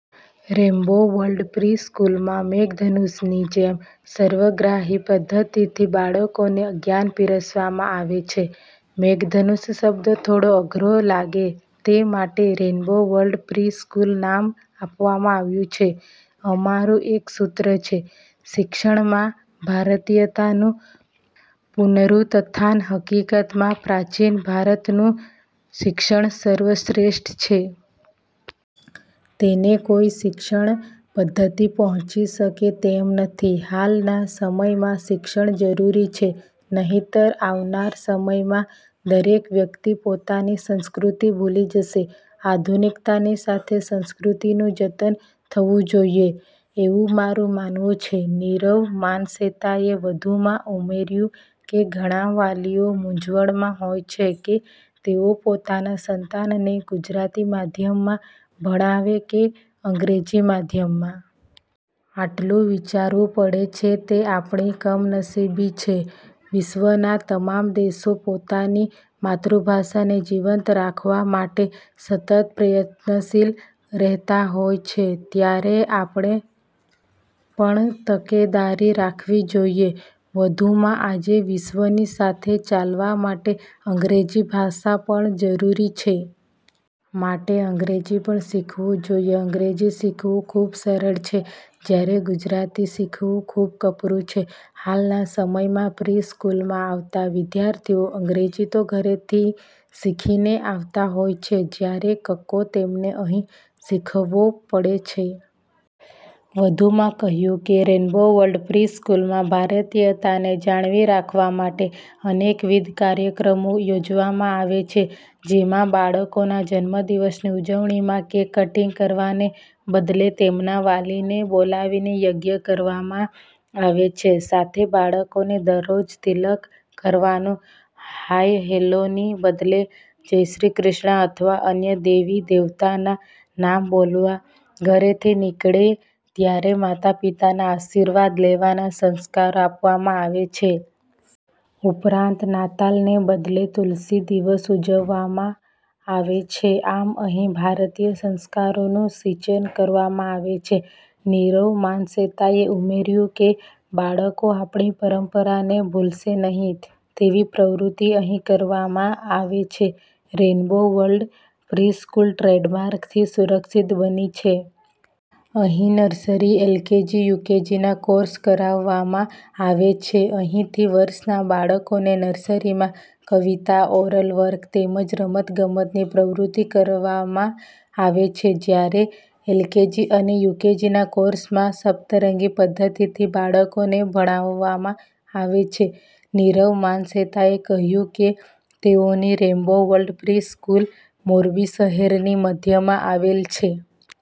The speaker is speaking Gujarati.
રેઈન્બો વર્લ્ડ પ્રિ-સ્કૂલમાં મેઘધનુષની જેમ સર્વગ્રાહી પદ્ધતિથી બાળકોને જ્ઞાન પીરસવામાં આવે છે. મેઘધનુષ શબ્દ થોડો અઘરો લાગે તે માટે રેઈન્બો વર્લ્ડ પ્રિ-સ્કૂલ નામ આપવામાં આવ્યું છે. અમારું એકસૂત્ર છે. શિક્ષણમાં ભારતીયતાનું પુનરુત્થાન. હકીકતમાં પ્રાચીન ભારતનું શિક્ષણ સર્વ શ્રેષ્ઠ છે. તેને કોઈ શિક્ષણ પદ્ધતિ પહોંચી શકે તેમ નથી. હાલના સમયમાંશિક્ષણ જરૂરી છે. નહિતર આવનાર સમયમાં દરેક વ્યક્તિ પોતાની સંસ્કૃતિ ભૂલી જશે. આધુનિકતાની સાથે સંસ્કૃતિનું જતન થવુંજોઈએ. એવુ મારું માનવું છે. નીરવ માનસેતાએ વધુમાં ઉમેર્યું કે ઘણા વાલીઓ મુંઝવણમા હોય છે કે તેઓ પોતાના સંતાનને ગુજરાતી માધ્યમમા ભણાવે કે અંગ્રેજી માધ્યમમાં. આટલું વિચારવું પડે છે તે આપણી કમનસીબી છે. વિશ્વના તમામ દેશો પોતાની માતૃભાષાને જીવંત રાખવા માટે સતત પ્રયત્નશીલ રહેતા હોય છે. ત્યારે આપણે પણતકેદારી રાખવી જોઈએ. વધુમાં આજે વિશ્વની સાથે ચાલવા માટે અંગ્રેજી ભાષા પણ જરૂરી છે. માટે અંગ્રેજી પણ શીખવુંજોઈએ. અંગ્રેજી શીખવી ખૂબ સરળ છે. જ્યારે ગુજરાતી શીખવું ખૂબ કપરું છે. હાલના સમયમાં પ્રિ સ્કૂલમા આવતા વિદ્યાર્થીઓ અંગ્રેજી તો ઘરેથીશીખીને આવતા હોય છે. જ્યારે કક્કો તેમને અહીં શીખવવો પડે છે. વધુમાં કહ્યું કે રેઈન્બો વર્લ્ડ પ્રિ-સ્કૂલમાં ભારતીયતાને જાળવી રાખવા માટે અનેકવિધ કાર્યક્રમો યોજવામાં આવે છે. જેમાં બાળકોના જન્મદિવસની ઉજવણીમા કેક કટીંગ કરવાને બદલે તેમના વાલીને બોલાવીને યજ્ઞ કરવામાં આવે છે. સાથે બાળકોને દરરોજ તિલક કરવાનું, હાઈ- હેલ્લોની બદલે જય શ્રી કૃષ્ણ અથવા અન્ય દેવી દેવતાના નામ બોલવા, ઘરેથી નીકળે ત્યારે માતા પિતાના આશીર્વાદ લેવાના સંસ્કારો આપવામાં આવે છે. ઉપરાંત નાતાલને બદલે તુલસી દિવસ ઉજવવામાં આવે છે. આમ અહીં ભારતીય સંસ્કારોનું સીંચન કરવામાં આવે છે. નીરવ માનસેતાએ ઉમેર્યું કે બાળકો આપણી પરંપરાને ભૂલે નહિ તેવી પ્રવૃત્તિ અહીં કરાવવામાં આવે છે. રેરેઈન્બો વર્લ્ડ પ્રિ-સ્કૂલ ટ્રેડમાર્કથી સુરક્ષિત બની છે. અહીં નર્સરી, એલકેજી, યુકેજીના કોર્ષ કરાવવામાં આવે છે. અહીંથીવર્ષના બાળકોને નર્સરીમાં કવિતા, ઓરલ વર્ક તેમજ રમત ગમતની પ્રવૃત્તિ કરાવવામાં આવે છે. જ્યારે એલકેજી અને યુકેજીના કોર્ષમાં સપ્તરંગી પદ્ધતિથી બાળકોને ભણાવવામાં આવે છે. નીરવ માનસેતાએ કહ્યું કે તેઓની રેઈન્બો વર્લ્ડ પ્રિ-સ્કૂલ મોરબી શહેરની મધ્યમાં આવેલ છે.